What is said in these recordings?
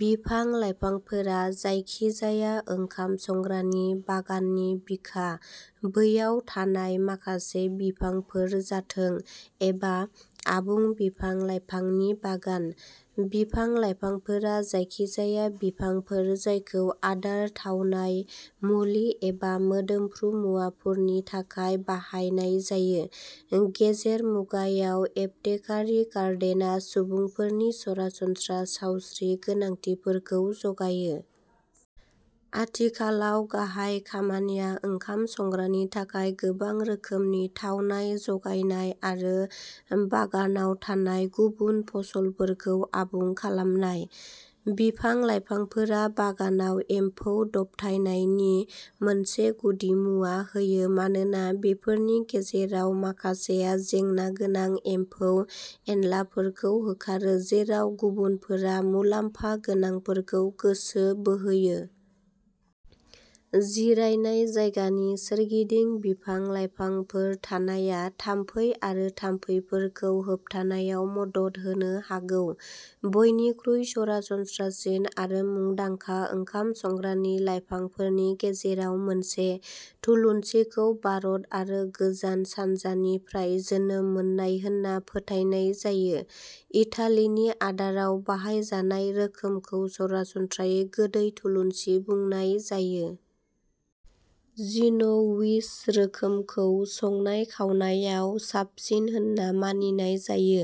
बिफां लाइफांफोरा जायखिजाया ओंखाम संग्रानि बागाननि बिखा, बैयाव थानाय माखासे बिफांफोर जाथों एबा आबुं बिफां लाइफांनि बागान। बिफां लाइफांफोरा जायखिजाया बिफांफोर जायखौ आदार, थावनाय, मुलि एबा मोदोमफ्रु मुवाफोरनि थाखाय बाहायनाय जायो। गेजेर मुगायाव एपथेकारि गार्डेना सुबुंफोरनि सरासनस्रा सावस्रि गोनांथिफोरखौ जगायो। आथिखालाव गाहाय खामानिया ओंखाम संग्रानि थाखाय गोबां रोखोमनि थावनाय जगायनाय आरो बागानाव थानाय गुबुन फसलफोरखौ आबुं खालामनाय। बिफां लाइफांफोरा बागानाव एमफौ दबथायनायनि मोनसे गुदिमुवा होयो मानोना बेफोरनि गेजेराव माखासेआ जेंना गोनां एम्फौ एनलाफोरखौ होखारो, जेराव गुबुनफोरा मुलाम्फा गोनांफोरखौ गोसो बोहोयो। जिरायनाय जायगानि सोरगिदिं बिफां लाइफांफोर थानाया थाम्फै आरो थाम्फैफोरखौ होबथानायाव मदद होनो हागौ। बयनिख्रुइ सरासनस्रासिन आरो मुंदांखा ओंखाम संग्रानि लाइफांफोरनि गेजेराव मोनसे, थुलुनसिखौ भारत आरो गोजान सानजानिफ्राय जोनोम मोननाय होनना फोथायनाय जायो। इटालिनि आदाराव बाहायजानाय रोखोमखौ सरासनस्रायै गोदै थुलुनसि बुंनाय जायो। जिन'विज रोखोमखौ संनाय खावनायाव साबसिन होनना मानिनाय जायो।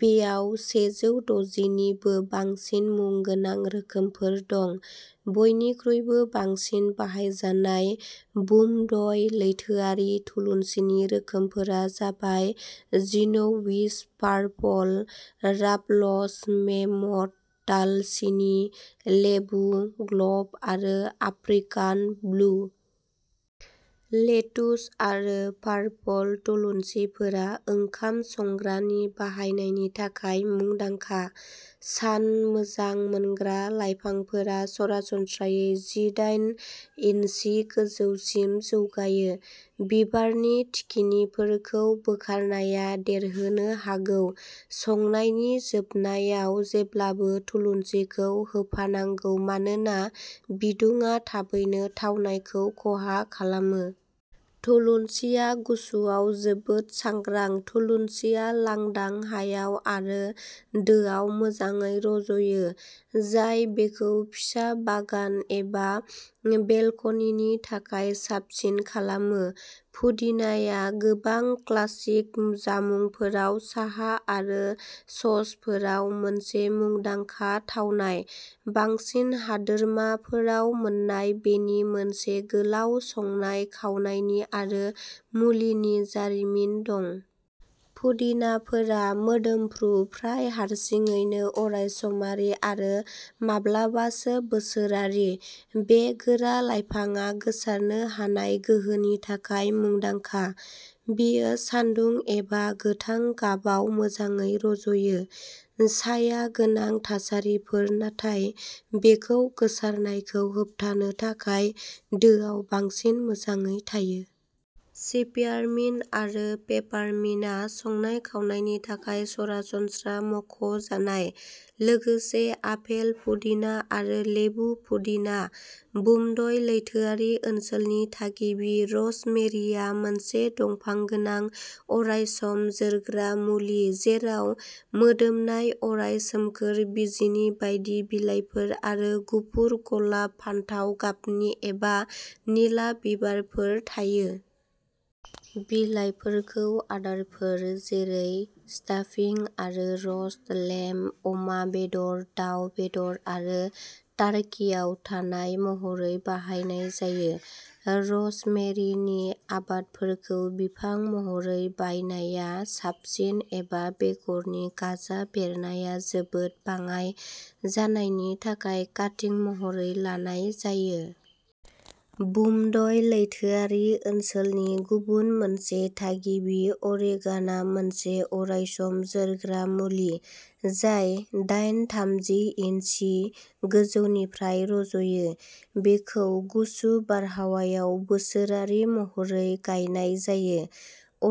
बेयाव सेजौ द'जि निबो बांसिन मुं गोनां रोखोमफोर दं। बयनिख्रुइबो बांसिन बाहायजानाय भुमध्य लैथोआरि थुलुनसिनि रोखोमफोरा जाबाय जिन'विज, पार्पल राफल्स, मेमथ, दालसिनि, लेबु, ग्लब आरो आफ्रिकान ब्लु। लेटुस आरो पार्पल थुलुनसिफोरा ओंखाम संग्रानि बाहायनायनि थाखाय मुंदांखा। सान मोजां मोनग्रा लाइफांफोरा सरासनस्रायै जि दाइन इन्सि गोजौसिम जौगायो। बिबारनि थिखिनिफोरखौ बोखारनाया देरहोनो हागौ। संनायनि जोबनायाव जेब्लाबो थुलुनसिखौ होफानांगौ मानोना बिदुंआ थाबैनो थावनायखौ खहा खालामो। थुलुनसिआ गुसुआव जोबोद सांग्रां। थुलुनसिआ लांदां हायाव आरो दोआव मोजाङै रज'यो, जाय बेखौ फिसा बागान एबा बेलकनिनि थाखाय साबसिन खालामो। पुदिनाआ गोबां क्लासिक जामुंफोराव, साहा आरो ससफोराव मोनसे मुंदांखा थावनाय। बांसिन हादोरमाफोराव मोन्नाय बेनि मोनसे गोलाव संनाय खावनायनि आरो मुलिनि जारिमिन दं। पुदिनाफोरा मोदोमफ्रु, प्राय हारसिङैनो अरायसमारि आरो माब्लाबासो बोसोरारि। बे गोरा लाइफांआ गोसारनो हानाय गोहोनि थाखाय मुंदांखा। बेयो सान्दुं एबा गोथां गाबाव मोजाङै रज'यो। साया गोनां थासारिफोर नाथाय बेखौ गोसारनायखौ होबथानो थाखाय दोआव बांसिन मोजाङै थायो। स्पियारमिन्ट आरो पेपारमिन्टआ संनाय खावनायनि थाखाय सरासनस्रा मख'जानाय। लोगोसे आपेल पुदिना आरो लेबु पुदिना। भुमध्य लैथोआरि ओनसोलनि थागिबि, र'जमेरिआ मोनसे दंफां गोनां, अरायसम जोरग्रा मुलि, जेराव मोदोमनाय, अराय सोमखोर, बिजिनि बायदि बिलाइफोर आरो गुफुर, गलाब, फान्थाव गाबनि एबा निला बिबारफोर थायो। बिलाइफोरखौ आदारफोर जेरै स्टाफिं आरो र'स्ट लेम्ब, अमा बेदर, दाव बेदर आरो टार्किआव थावनाय महरै बाहायनाय जायो। र'जमेरिनि आबादफोरखौ बिफां महरै बायनाया साबसिन, एबा बेगरनि गाजा बेरनाया जोबोद बाङाइ जानायनि थाखाय काटिं महरै लानाय जायो। भुमध्य लैथोआरि ओनसोलनि गुबुन मोनसे थागिबि, अरेगानआ मोनसे अरायसम जोरग्रा मुलि, जाय दाइन-थामजि इन्सि गोजौनिफ्राय रज'यो। बेखौ गुसु बारहावायाव बोसोरारि महरै गायनाय जायो।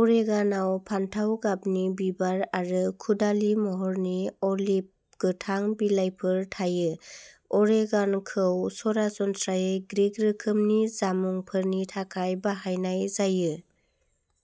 अरेगानआव फान्थाव गाबनि बिबार आरो कुदालि महरनि, अलिभ गोथां बिलाइफोर थायो। अरेगानखौ सरासनस्रायै ग्रिक रोखोमनि जामुंफोरनि थाखाय बाहायनाय जायो।